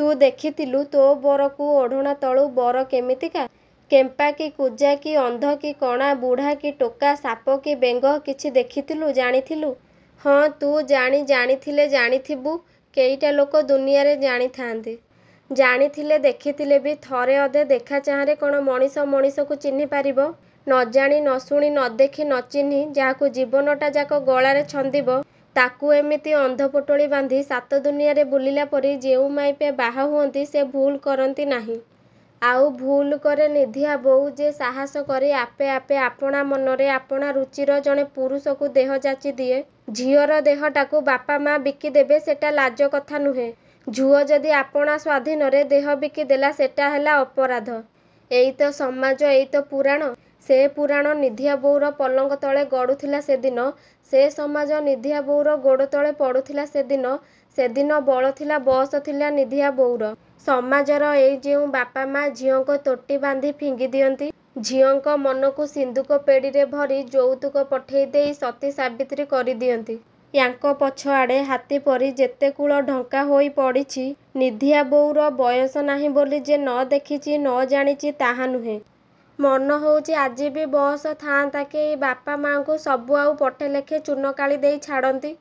ତୁ ଦେଖିଥିଲୁ ତୋ ବରକୁ ଓଢ଼ଣା ତଳୁ ବର କେମିତିକା? କେମ୍ପା କି କୁଜା କି ଅନ୍ଧ କି କଣା ବୁଢ଼ା କି ଟୋକା ସାପ କି ବେଙ୍ଗ କିଛି ଦେଖିଥିଲୁ ଜାଣିଥିଲୁ? ହଁ ତୁ ଜାଣି ଜାଣିଥିଲେ ଜାଣିଥିବୁ, କେଇଟା ଲୋକ ଦୁନିଆରେ ଜାଣିଥାନ୍ତି? ଜାଣିଥିଲେ, ଦେଖିଥିଲେବି ଥରେ ଅଧେ ଦେଖାଚାହାଁରେ କ'ଣ ମଣିଷ ମଣିଷକୁ ଚିହ୍ନିପାରିବ? ନଜାଣି ନଶୁଣି, ନଦେଖି, ନଚିହ୍ନି ଯାହାକୁ ଜୀବନଟାଯାକ ଗଳାରେ ଛନ୍ଦିବ, ତାକୁ ଏମିତି ଅନ୍ଧପୋଟଳି ବାନ୍ଧି ସାତ ଦୁଆରେ ବୁଲିଲା ପରି ଯେଉଁ ମାଇପେ ବାହା ହୁଅନ୍ତି ସେ ଭୁଲ୍ କରନ୍ତି ନାହିଁ? ଆଉ ଭୁଲ୍ କରେ ନିଧିଆ ବୋଉ, ଯେ ସାହସ କରି, ଆପେ ଆପେ, ଆପଣାମନରେ ଆପଣାରୁଚିର ଜଣେ ପୁରୁଷକୁ ଦେହ ଯାଚି ଦିଏ। ଝିଅର ଦେହଟାକୁ ବାପ ମା ବିକି ଦେବେ ସେଟା ଲାଜକଥା ନୁହେଁ, ଝୁଅ ଯଦି ଆପଣା ସ୍ୱାଧୀନରେ ଦେହ ବିକି ଦେଲା ସେଇଟା ହେଲା ଅପରାଧ। ଏଇତ ସମାଜ, ଏଇତ ପୁରାଣ। ସେ ପୁରାଣ ନିଧିଆ ବୋଉର ପଲଙ୍କ ତଳେ ଗଡ଼ୁଥିଲା ସେଦିନ ସେ ସମାଜ ନିଧିଆବୋଉର ଗୋଡ଼ତଳେ ପଡ଼ୁଥିଲା ସେଦିନ ସେଦିନ ବଳଥିଲା ବଅସ ଥିଲା ନିଧିଆବୋଉର। ସମାଜର ଏଇ ଯେଉଁ ବାପ ମା ଝିଅଙ୍କ ତୋଟି ବାନ୍ଧି ଫିଙ୍ଗି ଦିଅନ୍ତି, ଝିଅଙ୍କ ମନକୁ ସିନ୍ଦୁକ ପେଡ଼ିରେ ଭରି ଯୌତୁକ ପଠେଇ ଦେଇ ସତୀସାବିତ୍ରୀ କରିଦଅନ୍ତି ''ୟାଙ୍କ ପଛଆଡ଼େ ହାତୀପରି ଯେତେ କୁଳ ଢଙ୍କାହୋଇ ପଡ଼ିଛି ନିଧିଆବୋଉର ବୟସ ନାହିଁ ବୋଲି ଯେ ନଦେଖିଚି ନ ଜାଣୁଚି ତା' ନୁହେଁ। ମନ ହେଉଚି ଆଜିବି ବଅସ ଥାଆନ୍ତା କି, ଏଇ ବାପ ମାଙ୍କୁ ସବୁ ଆଉ ପଟେ ଲେଖେ ଚୂନକାଳି ଦେଇ ଛାଡ଼ନ୍ତି।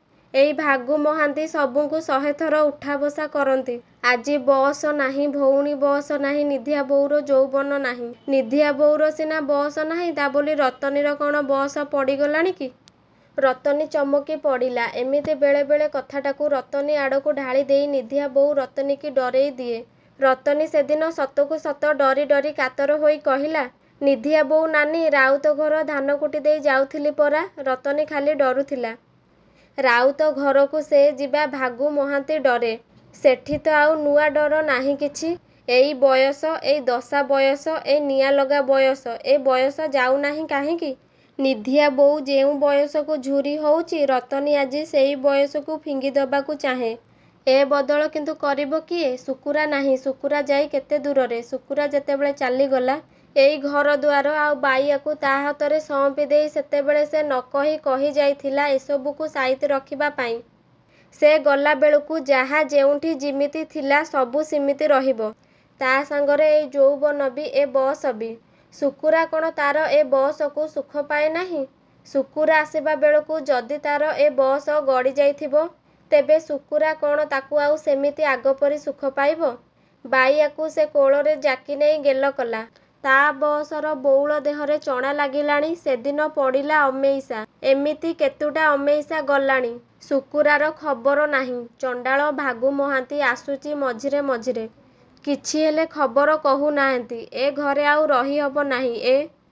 ଏଇ ଭାଗୁ ମହାନ୍ତି ସବୁଙ୍କୁ ଶହେଥର ଉଠାବସା କରନ୍ତି। ଆଜି ବଅସ ନାହିଁ, ଭଉଣୀ ବଅସ ନାହିଁ। ନିଧିଆବୋଉର ଯୌବନ ନାହିଁ। ନିଧିଆବୋଉର ସିନା ବଅସ ନାହିଁ, ତା' ବୋଲି ରତନୀର କ'ଣ ବଅସ ପଡ଼ିଗଲାଣି କି? '' ରତନୀ ଚମକି ପଡ଼ିଲା। ଏମିତି ବେଳେବେଳେ କଥାଟାକୁ ରତନୀ ଆଡ଼କୁ ଢାଳିଦେଇ ନିଧିଆବୋଉ ରତନୀକି ଡରେଇ ଦିଏ। ରତନୀ ସେଦିନ ସତକୁସତ ଡରି ଡରି କାତର ହେଇ କହିଲା ''ନିଧିଆବୋଉ ନାନୀ, ରାଉତ ଘର ଧାନକୁଟି ଦେଇ ଯାଉଥିଲୁ ପରା! '' ରତନୀ ଖାଲି ଡରୁଥିଲା। ରାଉତ ଘରକୁ ସେ ଯିବ ଭାଗୁ ମହାନ୍ତି ଡରେ। ସେଠି ତ ଆଉ ନୂଆ ଡର ନାହିଁ କିଛି? ଏଇ ବୟସ, ଏଇ ଦଶା ବୟସ, ଏଇ ନିଆଁ ଲଗା ବୟସ! ଏ ବୟସ ଯାଉ ନାହିଁ କାହିଁକି? ନିଧିଆବୋଉ ଯେଉଁ ବୟସକୁ ଝୁରି ହୋଉଚି ରତନୀ ଆଜି ସେହି ବଅସକୁ ଫିଙ୍ଗି ଦେବାକୁ ଚାହେଁ। ସେ ବଦଳ କିନ୍ତୁ କରିବ କିଏ? ଶୁକୁରା ନାହିଁ ଶୁକୁରା ଯାଇ କେତେ ଦୂରରେ। ଶୁକୁରା ଯେତେବେଳେ ଚାଲିଗଲା, ଏଇ ଘରଦୁଆର ଆଉ ବାଇୟାକୁ ତା' ହାତରେ ସଁଅପି ଦେଇ ସେତେବେଳେ ସେ ନ କହିବି କହି ଯାଇଥିଲା ଏସବୁକୁ ସାଇତି ରଖିବାପାଇଁ। ସେ ଗଲାବେଳକୁ ଯାହା ଯେଉଁଠି ଯିମିତି ଥିଲା, ସବୁ ସିମିତି ରହିବ। ତା' ସାଙ୍ଗରେ ଏ ଯୌବନବି? ଏ ବଅସବି? ଶୁକୁରା କ'ଣ ତା'ର ଏ ବଅସକୁ ସୁଖପାଏ ନାହିଁ। ଶୁକୁରା ଆସିବାବେଳକୁ ଯଦି ତା'ର ଏ ବଅସ ଗଡ଼ିଯାଇଥିବ, ତେବେ ଶୁକୁରା କ'ଣ ତାକୁ ଆଉ ସେମିତି ଆଗପରି ସୁଖ ପାଇବ? ବାଇୟାକୁ ସେ କୋଳରେ ଯାକିନେଇ ଗେଲ କଲା। ତା' ବୟସର ବଉଳ ଦେହରେ ଚଣା ଲାଗିଲାଣି। ସେଦିନ ପଡ଼ିଲା ଅମେଇସା। ଏମିତି କେତୁଟା ଅମେଇସା ଗଲାଣି। ଶୁକୁରାର ଖବର ନାହିଁ। ଚଣ୍ଡାଳ ଭାଗୁ ମହାନ୍ତି ଆସୁଚି ମଝିରେ ମଝିରେ। କିଛି ହେଲେ ଖବର କହୁନାହିଁ। ଏ ଘରେ ଆଉ ରହିହବ ନାହିଁ। ଏ